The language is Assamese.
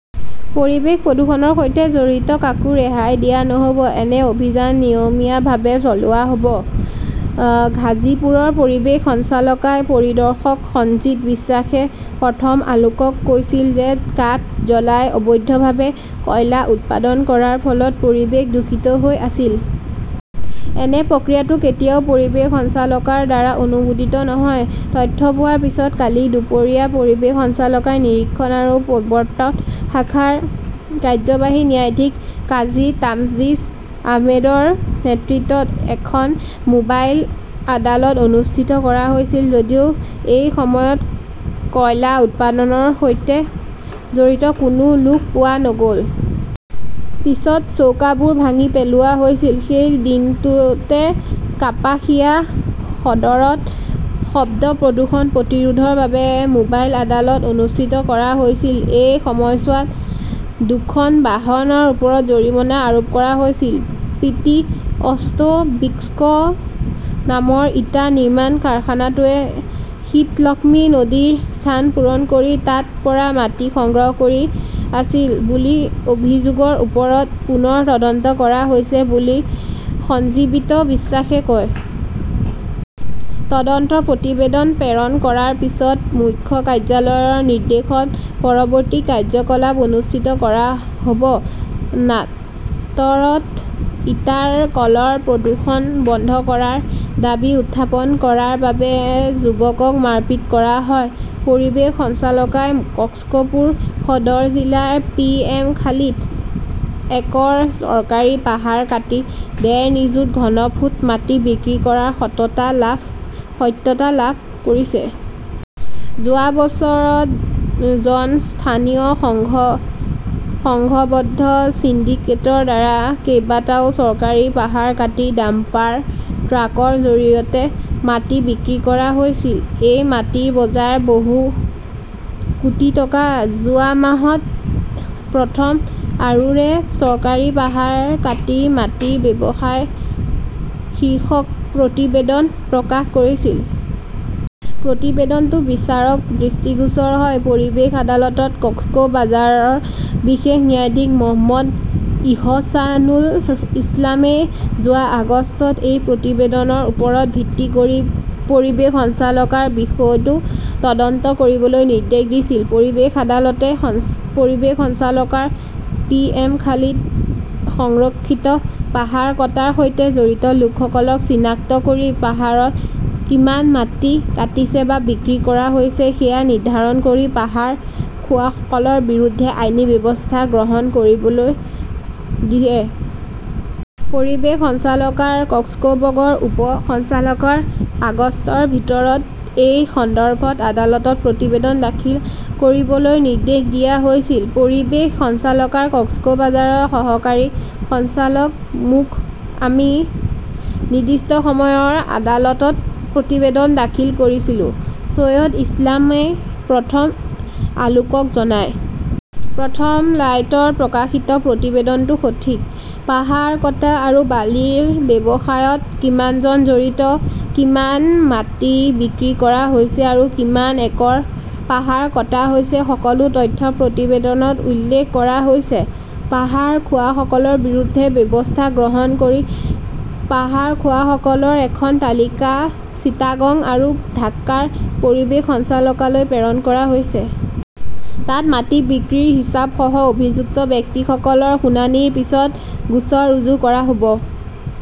পৰিৱেশ প্ৰদূষণৰ সৈতে জড়িত কাকো ৰেহাই দিয়া নহ'ব। এনে অভিযান নিয়মীয়াভাৱে চলোৱা হ'ব। অ' ঘাজীপুৰৰ পৰিৱেশ সঞ্চালকালয়ৰ পৰিদৰ্শক সঞ্জিত বিশ্বাসে প্ৰথম আলোকক কৈছিল যে কাঠ জ্বলাই অবৈধভাৱে কয়লা উৎপাদন কৰাৰ ফলত পৰিৱেশ দূষিত হৈ আছিল। এনে প্ৰক্ৰিয়াটো কেতিয়াও পৰিৱেশ সঞ্চালকালয়ৰ দ্বাৰা অনুমোদিত নহয়। তথ্য পোৱাৰ পিছত কালি দুপৰীয়া পৰিৱেশ সঞ্চালকালয়ৰ নিৰীক্ষণ আৰু প্ৰবৰ্ত্তন শাখাৰ কাৰ্যবাহী ন্যায়াধীশ কাজী তামজিদ আহমেদৰ নেতৃত্বত এখন মোবাইল আদালত অনুষ্ঠিত কৰা হৈছিল; যদিও এই সময়ত কয়লা উৎপাদনৰ সৈতে জড়িত কোনো লোক পোৱা নগ'ল। পিছত চৌকাবোৰ ভাঙি পেলোৱা হৈছিল। সেই দিনটোতে কাপাসিয়া সদৰত শব্দ প্ৰদূষণ প্ৰতিৰোধৰ বাবে মোবাইল আদালত অনুষ্ঠিত কৰা হৈছিল। এই সময়ছোৱাত দুখন বাহনৰ ওপৰত জৰিমনা আৰোপ কৰা হৈছিল। প্ৰিটি অটো ব্ৰিকছ নামৰ ইটা নিৰ্মাণ কাৰখানাটোৱে শীতলক্ষ্মী নদীৰ স্থান পূৰণ কৰি তাতৰ পৰা মাটি সংগ্ৰহ কৰি আছিল বুলি অভিযোগৰ ওপৰত পুনৰ তদন্ত কৰা হৈছে বুলি সঞ্জীৱিত বিশ্বাসে কয়। তদন্তৰ প্ৰতিবেদন প্ৰেৰণ কৰাৰ পিছত মুখ্য কাৰ্যালয়ৰ নিৰ্দেশত পৰৱৰ্তী কাৰ্যকলাপ অনুষ্ঠিত কৰা হ'ব। নাটৰত ইটাৰ কলৰ প্ৰদূষণ বন্ধ কৰাৰ দাবী উত্থাপন কৰাৰ বাবে যুৱকক মাৰপিট কৰা হয় পৰিৱেশ সঞ্চালকালয়ই কক্সপুৰ সদৰ জিলাৰ পিএমখালীত একৰ চৰকাৰী পাহাৰ কাটি প্ৰায় ডেৰ নিযুত ঘনফুট মাটি বিক্ৰী কৰাৰ সততা সত্যতা লাভ কৰিছে। যোৱা বছৰত জন স্থানীয় সংঘ সংঘবদ্ধ সিন্ডিকেটৰ দ্বাৰা কেইবাটাও চৰকাৰী পাহাৰ কাটি ডাম্পাৰ ট্ৰাকৰ জৰিয়তে মাটি বিক্ৰী কৰা হৈছিল। এই মাটিৰ বজাৰ মূল্য বহু কোটি টকা। যোৱা মাহত প্ৰথম আলোৱে চৰকাৰী পাহাৰ কাটি মাটিৰ ব্যৱসায় শীৰ্ষক প্ৰতিবেদন প্ৰকাশ কৰিছিল। প্ৰতিবেদনটো বিচাৰকৰ দৃষ্টিগোচৰ হয়। পৰিৱেশ আদালত কক্সবাজাৰৰ বিশেষ ন্যায়াধীশ মহম্মদ ইহছানুল ইছলামই যোৱা আগষ্টত এই প্ৰতিবেদনৰ ওপৰত ভিত্তি কৰি পৰিৱেশ সঞ্চালকালয়ক বিষয়টো তদন্ত কৰিবলৈ নিৰ্দেশ দিছিল। পৰিৱেশ আদালতে পৰিৱেশ সঞ্চালকালয়ক পিএমখালীত সংৰক্ষিত পাহাৰ কটাৰ সৈতে জড়িত লোকসকলক চিনাক্ত কৰি পাহাৰত কিমান মাটি কাটিছে বা বিক্ৰী কৰা হৈছে সেয়া নিৰ্ধাৰণ কৰি পাহাৰ খোৱাসকলৰ বিৰুদ্ধে আইনী ব্যৱস্থা গ্ৰহণ কৰিবলৈ দিয়ে। পৰিৱেশ সঞ্চালকালয়ৰ কক্সবৰ্গৰ উপ সঞ্চালকালয়ক আগষ্টৰ ভিতৰত এই সন্দৰ্ভত আদালতত প্ৰতিবেদন দাখিল কৰিবলৈ নিৰ্দেশ দিয়া হৈছিল। পৰিৱেশ সঞ্চালকালয় কক্সবাজাৰৰ সহকাৰী সঞ্চালক মো.‌ক আমি নিৰ্দিষ্ট সময়ত আদালতত প্ৰতিবেদন দাখিল কৰিছিলো, চৈফুল ইছলামই প্ৰথম আলোকক জনায়। প্ৰথম লাইটত প্ৰকাশিত প্ৰতিবেদনটো সঠিক। পাহাৰ কটা আৰু বালিৰ ব্যৱসায়ত কিমানজন জড়িত, কিমান মাটি বিক্ৰী কৰা হৈছে আৰু কিমান একৰ পাহাৰ কটা হৈছে; সকলো তথ্য প্ৰতিবেদনত উল্লেখ কৰা হৈছে। পাহাৰ খোৱাসকলৰ বিৰুদ্ধে ব্যৱস্থা গ্ৰহণ কৰি পাহাৰ খোৱাসকলৰ এখন তালিকা চিটাগং আৰু ঢাকাৰ পৰিৱেশ সঞ্চালকালয়লৈ প্ৰেৰণ কৰা হৈছে। তাত মাটি বিক্ৰীৰ হিচাপ সহ অভিযুক্ত ব্যক্তিসকলৰ শুনানিৰ পিছত গোচৰ ৰুজু কৰা হ'ব।